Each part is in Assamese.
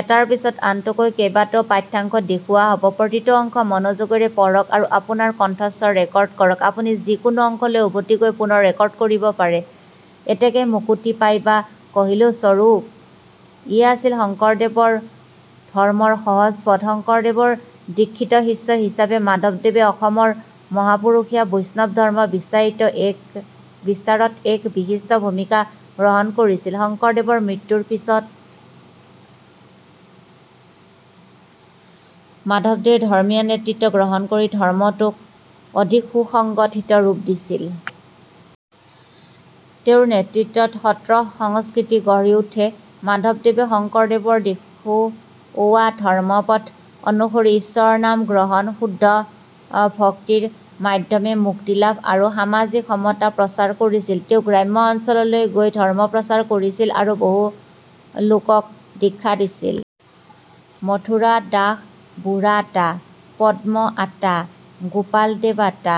এতেকে মুকুতি পাইবা কহিলো স্বৰূপ।। '' ইয়ে আছিল শংকৰদেৱৰ ধৰ্মৰ সহজ পথ। শংকৰদেৱ ৰ দীক্ষিত শিষ্য হিচাপে মাধৱদেৱে অসমৰ মহাপুৰুষীয়া বৈষ্ণৱ ধৰ্ম বিস্তাৰত এক বিশিষ্ট ভূমিকা গ্ৰহণ কৰিছিল। শংকৰদেৱৰ মৃত্যুৰ পিছত মাধৱদেৱে ধৰ্মীয় নেতৃত্ব গ্ৰহণ কৰি ধৰ্মটোক অধিক সুসংগঠিত ৰূপ দিছিল। তেওঁৰ নেতৃত্বত সত্ৰ সংস্কৃতি গঢ়ি উঠে। মাধৱদেৱে শংকৰদেৱৰ দেখুৱোৱা ধৰ্মপথ অনুসৰি ঈশ্বৰৰ নাম গ্ৰহণ, শুদ্ধ ভক্তিৰ মাধ্যমে মুক্তিলাভ আৰু সামাজিক সমতা প্ৰচাৰ কৰিছিল। তেওঁ গ্ৰাম্য অঞ্চললৈ গৈ ধৰ্ম প্ৰচাৰ কৰিছিল আৰু বহু লোকক দীক্ষা দিছিল। মথুৰা দাস বুঢ়া আতা, পদ্ম আতা ,গোপালদেৱ আতা,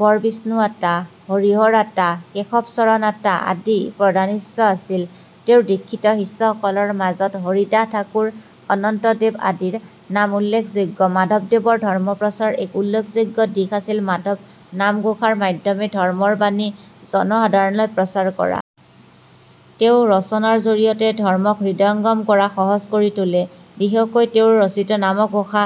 বৰবিষ্ণু আতা, হৰিহৰ আতা, কেশৱচৰণ আতা আদি প্ৰধান শিষ্য আছিল। তেওঁৰ দীক্ষিত শিষ্যসকলৰ মাজত হৰিদাস ঠাকুৰ, অনন্ত দেৱ আদিৰ নাম উল্লেখযোগ্য। মাধৱদেৱৰ ধৰ্ম প্ৰচাৰৰ এক উল্লেখযোগ্য দিশ আছিল নামঘোষাৰ মাধ্যমে ধৰ্মৰ বাণী জনসাধাৰণলৈ প্ৰচাৰ কৰা। তেওঁ ৰচনাৰ জৰিয়তে ধৰ্মক হৃদয়ঙ্গম কৰা সহজ কৰি তোলে। বিশেষকৈ তেওঁৰ ৰচিত নামঘোষা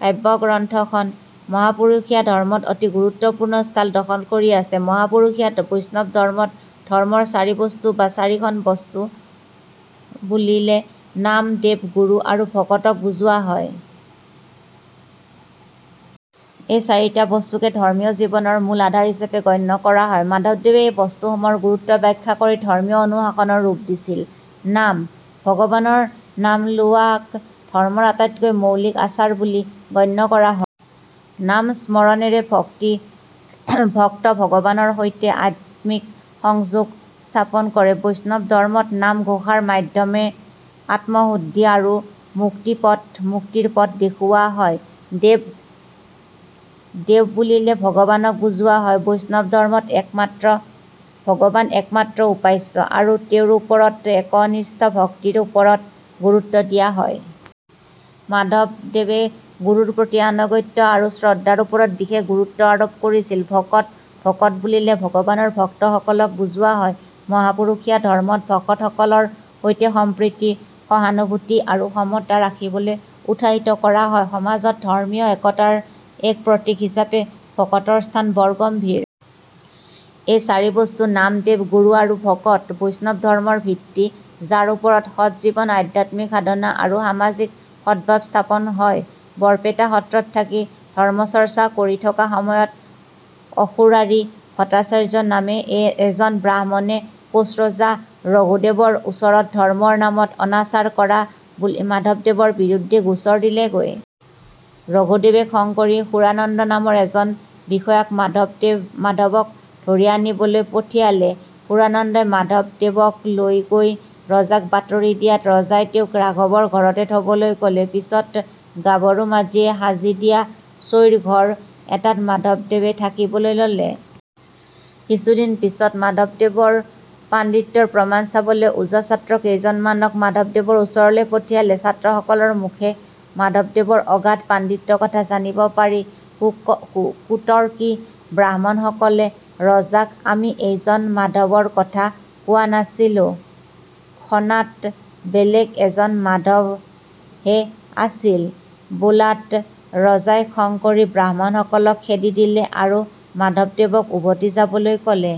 কাব্যগ্ৰন্থখন মহাপুৰুষীয়া ধৰ্মত অতি গুৰুত্বপূৰ্ণ স্থান দখল কৰি আছে। মহাপুৰুষীয়া বৈষ্ণৱ ধৰ্মত "ধৰ্মৰ চাৰি বস্তু" বা "চাৰিখন বস্তু" বুলিলে নাম, দেৱ, গুৰু আৰু ভকতক বুজোৱা হয়। এই চাৰিটা বস্তুকে ধৰ্মীয় জীৱনৰ মূল আধাৰ হিচাপে গণ্য কৰা হয়। মাধৱদেৱে এই বস্তুসমূহৰ গুৰুত্ব ব্যাখ্যা কৰি ধৰ্মীয় অনুশাসনৰ ৰূপ দিছিল। নাম: ভগৱানৰ নাম লোৱাক ধৰ্মৰ আটাইতকৈ মৌলিক আচাৰ বুলি গণ্য কৰা হয়। নাম-স্মৰণেৰে ভক্ত ভগৱানৰ সৈতে আত্মিক সংযোগ স্থাপন কৰে। বৈষ্ণৱ ধৰ্মত নাম-ঘোষাৰ মাধ্যমে আত্মশুদ্ধি আৰু মুক্তিৰ পথ দেখুওৱা হয়। দেৱ: দেৱ বুলিলে ভগৱানক বুজোৱা হয়। বৈষ্ণৱ ধৰ্মত ভগৱান একমাত্ৰ উপাস্য, আৰু তেওঁৰ ওপৰত একনিষ্ঠ ভক্তিৰ ওপৰত গুৰুত্ব দিয়া হয়। মাধৱদেৱে গুৰুৰ প্ৰতি আনুগত্য আৰু শ্ৰদ্ধাৰ ওপৰত বিশেষ গুৰুত্ব আৰোপ কৰিছিল। ভকত: ভকত বুলিলে ভগৱানৰ ভক্তসকলক বুজোৱা হয়। মহাপুৰুষীয়া ধৰ্মত ভকতসকলৰ সৈতে সম্প্ৰীতি, সহানুভূতি আৰু সমতা ৰাখিবলৈ উৎসাহিত কৰা হয়। সমাজত ধৰ্মীয় একতাৰ এক প্ৰতীক হিচাপে ভকতৰ স্থান বৰগম্ভীৰ। এই চাৰি বস্তু — নাম, দেৱ, গুৰু আৰু ভকত — বৈষ্ণৱ ধৰ্মৰ ভিত্তি, যাৰ ওপৰত সৎ জীৱন, আধ্যাত্মিক সাধনা আৰু সামাজিক সদভাৱ স্থাপন হয়। বৰপেটা সত্ৰত থাকি ধৰ্মচৰ্চা কৰি থকা সময়ত অসুৰাৰি ভট্টাচাৰ্য নামে এজন ব্ৰাহ্মণে কোচ ৰজা ৰঘুদেৱৰ ওচৰত ধৰ্মৰ নামত অনাচাৰ কৰা বুলি মাধৱদেৱৰ বিৰুদ্ধে গোচৰ দিলেগৈ। ৰঘুদেৱে খং কৰি সুৰানন্দ নামৰ এজন বিষয়াক মাধৱক ধৰি আনিবলৈ পঠিয়ালে। সুৰানন্দই মাধৱদেৱক লৈ গৈ ৰজাক বাতৰি দিয়াত ৰজাই তেওঁক ৰাঘৱৰ ঘৰতে থ'বলৈ ক'লে। পিছত গাভৰু মাঝিয়ে সাজি দিয়া চৈৰ ঘৰ এটাত মাধৱদেৱে থাকিবলৈ ল'লে। কিছুদিন পিছত মাধৱদেৱৰ পাণ্ডিত্যৰ প্ৰমাণ চাবলৈ ওজা ছাত্ৰ কেইজনমানক মাধৱদেৱৰ ওচৰলৈ পঠিয়ালে। ছাত্ৰসকলৰ মুখে মাধৱদেৱৰ অগাধ পাণ্ডিত্য কথা জানিব পাৰি কুতৰ্কী ব্ৰাহ্মণসকলে ৰজাক "আমি এইজন মাধৱৰ কথা কোৱা নাছিলোঁ, খনাত বেলেগ এজন মাধৱহে আছিল'' বোলাত ৰজাই খং কৰি ব্ৰাহ্মণসকলক খেদি দিলে আৰু মাধৱদেৱক উভতি যাবলৈ ক'লে।